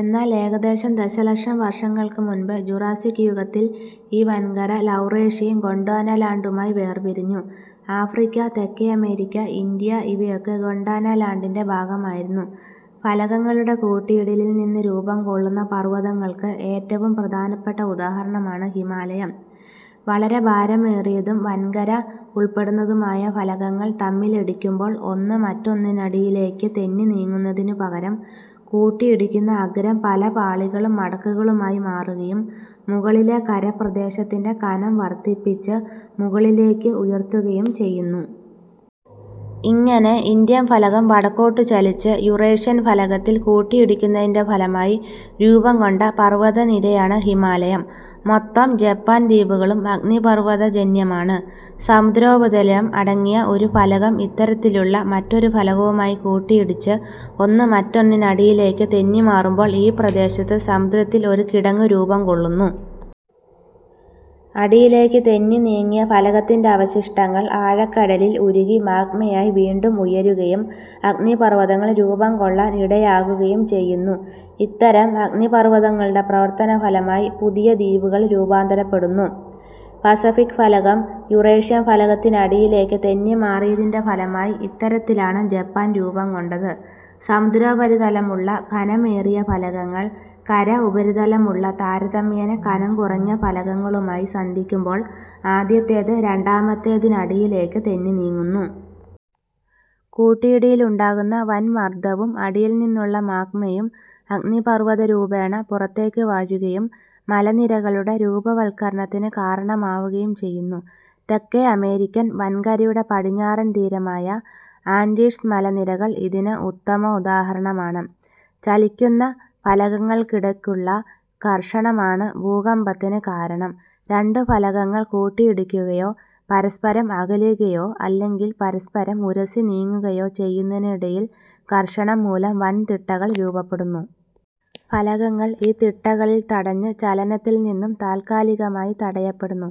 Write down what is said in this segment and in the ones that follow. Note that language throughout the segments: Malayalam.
എന്നാൽ ഏകദേശം ദശലക്ഷം വർഷങ്ങൾക്കുമുൻപ്, ജൂറാസ്സിക് യുഗത്തിൽ ഈ വൻകര ലൗറേഷ്യയും ഗോണ്ട്വാനാ ലാൻഡുമായി വേർപിരിഞ്ഞു. ആഫ്രിക്ക, തെക്കേ അമേരിക്ക, ഇന്ത്യ ഇവയൊക്കെ ഗോണ്ടാനാ ലാൻഡിന്റെ ഭാഗമായിരുന്നു. ഫലകങ്ങളുടെ കൂട്ടിയിടിയിൽ നിന്ന് രൂപം കൊള്ളുന്ന പർവതങ്ങൾക്ക് ഏറ്റവും പ്രധാനപ്പെട്ട ഉദാഹരണമാണ് ഹിമാലയം. വളരെ ഭാരമേറിയതും വൻകര ഉൾപ്പെടുന്നതുമായ ഫലകങ്ങൾ തമ്മിലിടിക്കുമ്പോൾ ഒന്ന് മറ്റൊന്നിനടിയിലേക്ക് തെന്നി നീങ്ങുന്നതിനു പകരം കൂട്ടിയിടിക്കുന്ന അഗ്രം പല പാളികളും മടക്കുകളുമായി മാറുകയും, മുകളിലെ കരപ്രദേശത്തിന്റെ കനം വർദ്ധിപ്പിച്ച് മുകളിലേക്ക് ഉയർത്തുകയും ചെയ്യുന്നു. ഇങ്ങനെ ഇന്ത്യൻ ഫലകം വടക്കോട്ടു ചലിച്ച് യുറേഷ്യൻ ഫലകത്തിൽ കൂട്ടിയിടിക്കുന്നതിന്റെ ഫലമായി രൂപം കൊണ്ട പർവതനിരയാണ് ഹിമാലയം. മൊത്തം ജപ്പാൻ ദ്വീപുകളും അഗ്നിപർവതജന്യമാണ്. സമുദ്രോപരിതലം അടങ്ങിയ ഒരു ഫലകം ഇത്തരത്തിലുള്ള മറ്റൊരു ഫലകവുമായി കൂട്ടിയിടിച്ച് ഒന്ന് മറ്റൊന്നിനടിയിലേക്ക് തെന്നി മാറുമ്പോൾ ഈ പ്രദേശത്ത് സമുദ്രത്തിൽ ഒരു കിടങ്ങ് രൂപം കൊള്ളുന്നു. അടിയിലേക്ക് തെന്നി നീങ്ങിയ ഫലകത്തിന്റെ അവശിഷ്ടങ്ങൾ ആഴക്കടലിൽ ഉരുകി മാഗ്മയായി വീണ്ടും ഉയരുകയും അഗ്നിപർവതങ്ങൾ രൂപം കൊള്ളാൻ ഇടയാകുകയും ചെയ്യുന്നു. ഇത്തരം അഗ്നിപർവതങ്ങളുടെ പ്രവർത്തനഫലമായി പുതിയ ദ്വീപുകൾ രൂപാന്തരപ്പെടുന്നു. പസഫിക് ഫലകം യുറേഷ്യൻ ഫലകത്തിനടിയിലേക്ക് തെന്നിമാറിയതിന്റെ ഫലമായി ഇത്തരത്തിലാണ് ജപ്പാൻ രൂപം കൊണ്ടത്. സമുദ്രോപരിതലമുള്ള ഖനമേറിയ ഫലകങ്ങൾ, കര ഉപരിതലമുള്ള താരതമ്യേന കനം കുറഞ്ഞ ഫലകങ്ങളുമായി സന്ധിക്കുമ്പോൾ ആദ്യത്തേത് രണ്ടാമത്തേതിനടിയിലേക്ക് തെന്നി നീങ്ങുന്നു. കൂട്ടിയിടിയിലുണ്ടാകുന്ന വൻ മർദ്ദവും അടിയിൽ നിന്നുള്ള മാഗ്മയും അഗ്നിപർവതരൂപേണ പുറത്തേക്ക് വരുകയും മലനിരകളുടെ രൂപവത്കരണത്തിന് കാരണമാകുകയും ചെയ്യുന്നു. തേക്കേ അമേരിക്കൻ വൻകരയുടെ പടിഞ്ഞാറൻ തീരമായ ആൻഡീസ് മലനിരകൾ ഇതിന് ഉത്തമോദാഹരണമാണ് ചലിക്കുന്ന ഫലകങ്ങൾക്കിടക്കുള്ള ഘർഷണമാണ് ഭൂകമ്പത്തിന് കാരണം. രണ്ടു ഫലകങ്ങൾ കൂട്ടിയിടിക്കുകയോ, പരസ്പരം അകലുകയോ അല്ലെങ്കിൽ പരസ്പരം ഉരസി നീങ്ങുകയോ ചെയ്യുന്നതിനിടയിൽ ഘർഷണം മൂലം വൻ തിട്ടകൾ രൂപപ്പെടുന്നു. ഫലകങ്ങൾ ഈ തിട്ടകളിൽ തടഞ്ഞ് ചലനത്തിൽ നിന്നും താൽക്കാലികമായി തടയപ്പെടുന്നു.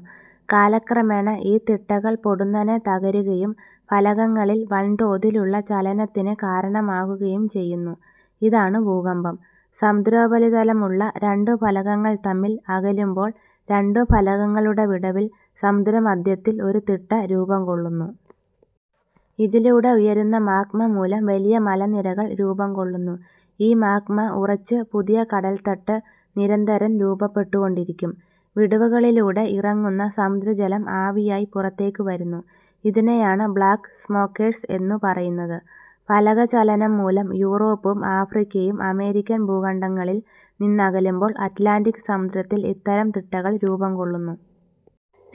കാലക്രമേണ ഈ തിട്ടകൾ പൊടുന്നനേ തകരുകയും ഫലകങ്ങളിൽ വൻതോതിലുള്ള ചലനത്തിന് കാരണമാകുകയും ചെയ്യുന്നു. ഇതാണ് ഭൂകമ്പം. സമുദ്രോപരിതലമുള്ള രണ്ടു ഫലകങ്ങൾ തമ്മിൽ അകലുമ്പോൾ രണ്ടു ഫലകങ്ങളുടെ വിടവിൽ സമുദ്രമദ്ധ്യത്തിൽ ഒരു തിട്ട രൂപം കൊള്ളുന്നു. ഇതിലൂടെ ഉയരുന്ന മാഗ്മ മൂലം വലിയ മലനിരകൾ രൂപം കൊള്ളുന്നു. ഈ മാഗ്മ ഉറച്ച് പുതിയ കടൽത്തട്ട് നിരന്തരം രൂപപ്പെട്ടുകൊണ്ടിരിക്കും. വിടവുകളിലൂടെ ഇറങ്ങുന്ന സമുദ്രജലം ആവിയായി പുറത്തേക്കു വരുന്നു. ഇതിനെയാണ് ബ്ലാക്ക് സ്മോക്കേഴ്സ് എന്നു പറയുന്നത്. ഫലകചലനം മൂലം യുറോപ്പും ആഫ്രിക്കയും അമേരിക്കൻ ഭൂഖണ്ഡങ്ങളിൽ നിന്നകലുമ്പോൾ അറ്റ്ലാന്റിക് സമുദ്രത്തിൽ ഇത്തരം തിട്ടകൾ രൂപം കൊള്ളുന്നു.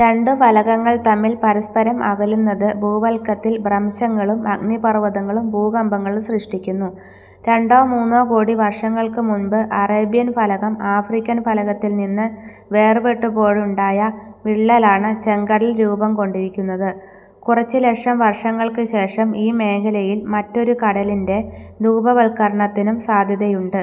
രണ്ടു ഫലകങ്ങൾ തമ്മിൽ പരസ്പരം അകലുന്നത്, ഭൂവൽക്കത്തിൽ ഭ്രംശങ്ങളും, അഗ്നിപർവതങ്ങളും, ഭൂകമ്പങ്ങളും സൃഷ്ടിക്കുന്നു. രണ്ടോ മൂന്നോ കോടി വർഷങ്ങൾക്കു മുൻപ് അറേബ്യൻ ഫലകം ആഫ്രിക്കൻ ഫലകത്തിൽ നിന്ന് വേർപെട്ടു പോയുണ്ടായ വിള്ളലിലാണ് ചെങ്കടൽ രൂപം കൊണ്ടിരിക്കുന്നത്. കുറച്ച് ലക്ഷം വർഷങ്ങൾക്കു ശേഷം ഈ മേഖലയിൽ മറ്റൊരു കടലിന്റെ രൂപവത്കരണത്തിനും സാധ്യതയുണ്ട്.